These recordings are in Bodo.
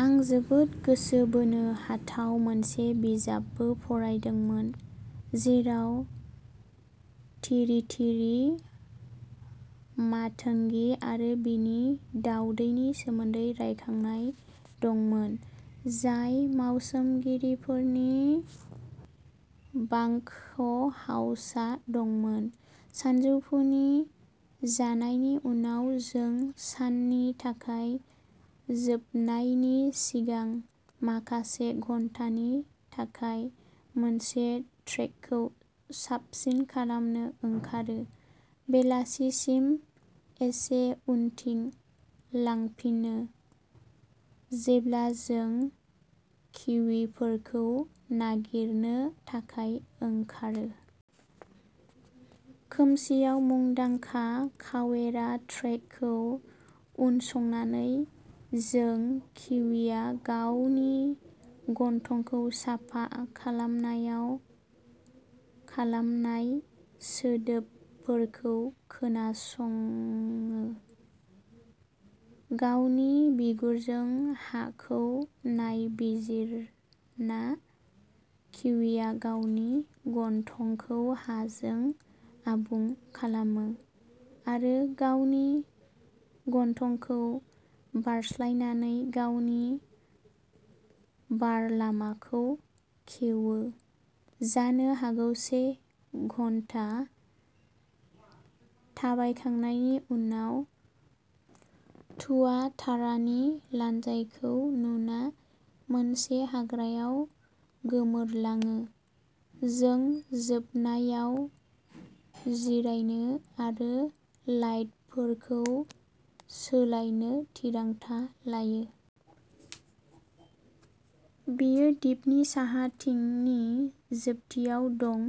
आं जोबोद गोसो बोनो हाथाव मोनसे बिजाबबो फरायदोंमोन, जेराव तिरितिरि मातंगि आरो बिनि दाउफोरनि सोमोन्दै रायखांनाय दंमोन, जाय मावसोमगिरिफोरनि बांकहाउसाव दंमोन। सानजौफुनि जानायनि उनाव जों साननि थाखाय जोबनायनि सिगां माखासे घन्टानि थाखाय मोनसे ट्रेकखौ साबसिन खालामनो ओंखारो, बेलासिसिम एसे उनथिं लांफिनो, जेब्ला जों किवीफोरखौ नागिरनो थाखाय ओंखारो। खोमसिआव मुंदांखा कावेराव ट्रेकखौ उनसंनानै जों किवीया गावनि गन्थंखौ साफा खालामनायाव खालामनाय सोदोबफोरखौ खोनासङो। गावनि बिगुरजों हाखौ नायबिजिरना, किवीया गावनि गन्थंखौ हाजों आबुं खालामो, आरो गावनि गन्थंखौ बारस्लायनानै गावनि बारलामाखौ खेवो। जानो हागौ से घन्टा थाबायखांनायनि उनाव, तुआतारानि लानजायखौ नुना, मोनसे हाग्राआव गोमोरलाङो, जों जोबनायाव जिरायनो आरो लाइटफोरखौ सोलायनो थिरांथा लायो। बेयो दिपनि साहाथिंनि जोबथियाव दं,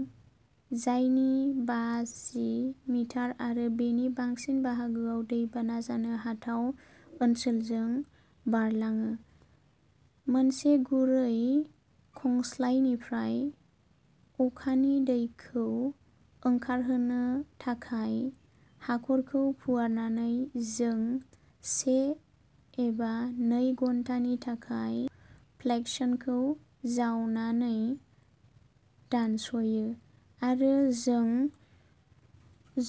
जायनि बाजि मिटार एबा बेनि बांसिन बाहागोआ दैबाना जानो हाथाव ओनसोलजों बारलाङो। मोनसे गुरै खंस्लायनिफ्राय अखानि दैखौ ओंखारहोनो थाखाय हाखरखौ फुवारनानै जों से एबा नै घन्टानि थाखाय फ्लेक्सखौ जावनानै दानस'यो आरो जों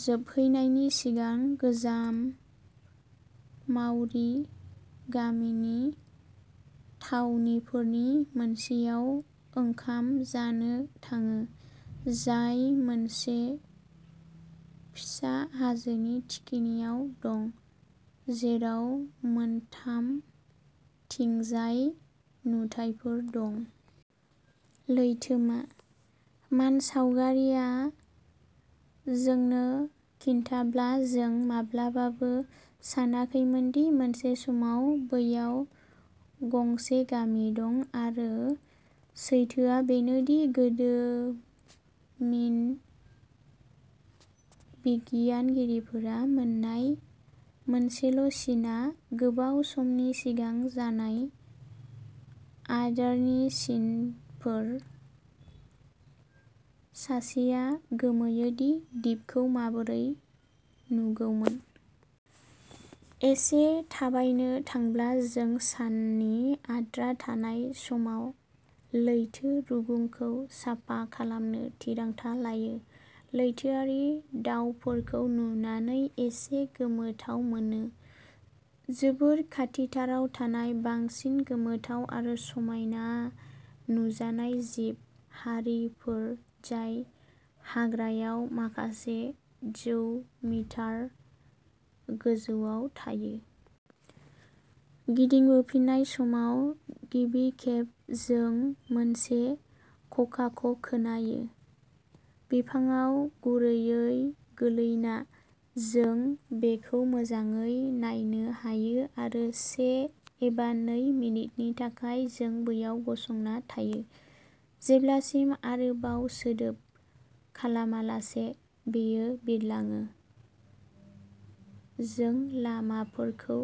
जोबहैनायनि सिगां गोजाम माव'रि गामिनि थावनिफोरनि मोनसेयाव ओंखाम जानो थाङो, जाय मोनसे फिसा हाजोनि थिखिनियाव दं, जेराव मोनथामथिंजाय नुथायफोर दं। लैथोमा। मानसावगारिआ जोंनो खिन्थाब्ला, जों माब्लाबाबो सानाखैमोनदि मोनसे समाव बैयाव गंसे गामि दंमोन आरो सैथोआ बेनो दि गोदोमिन बिगियानगिरिफोरा मोन्नाय मोनसेल'सिनआ गोबाव समनि सिगां जानाय आदारनि सिनफोर। सासेआ गोमोयो दि दिपखौ माबोरै नुगौमोन। एसे थाबायनो थांब्ला जों साननि आद्रा थानाय समाव लैथो रुगुंखौ साफा खालामनो थिरांथा लायो। लैथोआरि दावफोरखौ नुनानै एसे गोमोथाव मोनो, जोबोद खाथिथाराव थानाय बांसिन गोमोथाव आरो समायना नुजानाय जिब हारिफोर जाय हाग्रायाव माखासे जौ मिटार गोजौआव थायो। गिदिंबोफिननाय समाव, गिबि खेब जों मोनसे ककाक'खोनायो। बिफांआव गुरैयै गोग्लैना, जों बेखौ मोजाङै नायनो हायो आरो से एबा नै मिनिटनि थाखाय जों बैयाव गसंना थायो, जेब्लासिम-आरोबाव सोदोब खालामालासे-बेयो बिरलाङो। जों लामाफोरखौ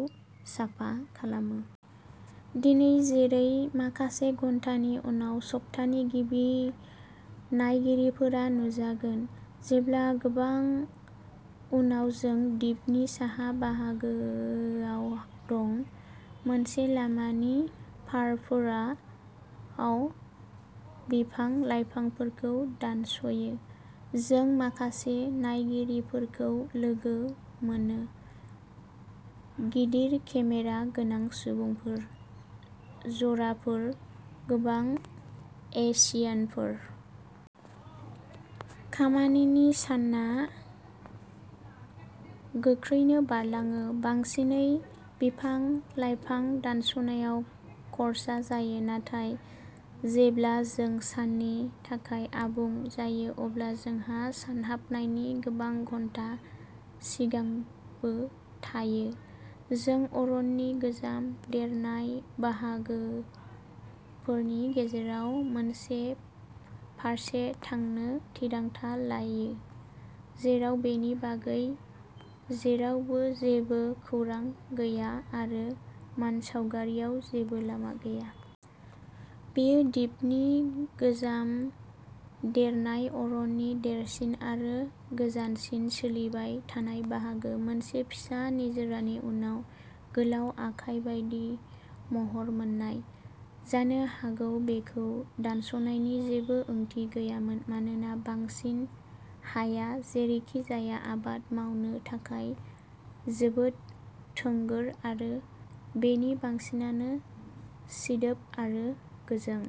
साफा खालामो। दिनै, जेरै माखासे घन्टानि उनाव सप्तानि गिबि नायगिरिफोरा नुजागोन। जेब्ला गोबां उनाव जों दिपनि साहा बाहागोआव दं, मोनसे लामानि फारफोराव बिफां-लाइफांफोरखौ दानस'यो, जों माखासे नायगिरिफोरखौ लोगो मोनो। गिदिर केमेरा गोनां सुबुंफोर। जराफोर। गोबां एशियानफोर। खामानिनि साना गोख्रैनो बारलाङो, बांसिनै बिफां-लाइफां दानस'नायाव खर्सा जायो, नाथाय जेब्ला जों साननि थाखाय आबुं जायो, अब्ला जोंहा सानहाबनायनि गोबां घन्टा सिगांबो थायो। जों अरननि गोजाम देरनाय बाहागोफोरनि गेजेराव मोनसे फारसे थांनो थिरांथा लायो, जेराव बेनि बागै जेरावबो जेबो खौरां गैया आरो मानसावगारियाव जेबो लामा गैया। बेयो दिपनि गोजाम देरनाय अरननि देरसिन आरो गोजानसिन सोलिबाय थानाय बाहागो, मोनसे फिसा निजोरानि उनाव गोलाव आखाइ बायदि महर मोननाय। जानो हागौ बेखौ दानस'नायनि जेबो ओंथि गैयामोन, मानोना बांसिन हाया जेरैखिजाया आबाद मावनो थाखाय जोबोद थोंगोर आरो बेनि बांसिनानो सिदोब आरो गोजों।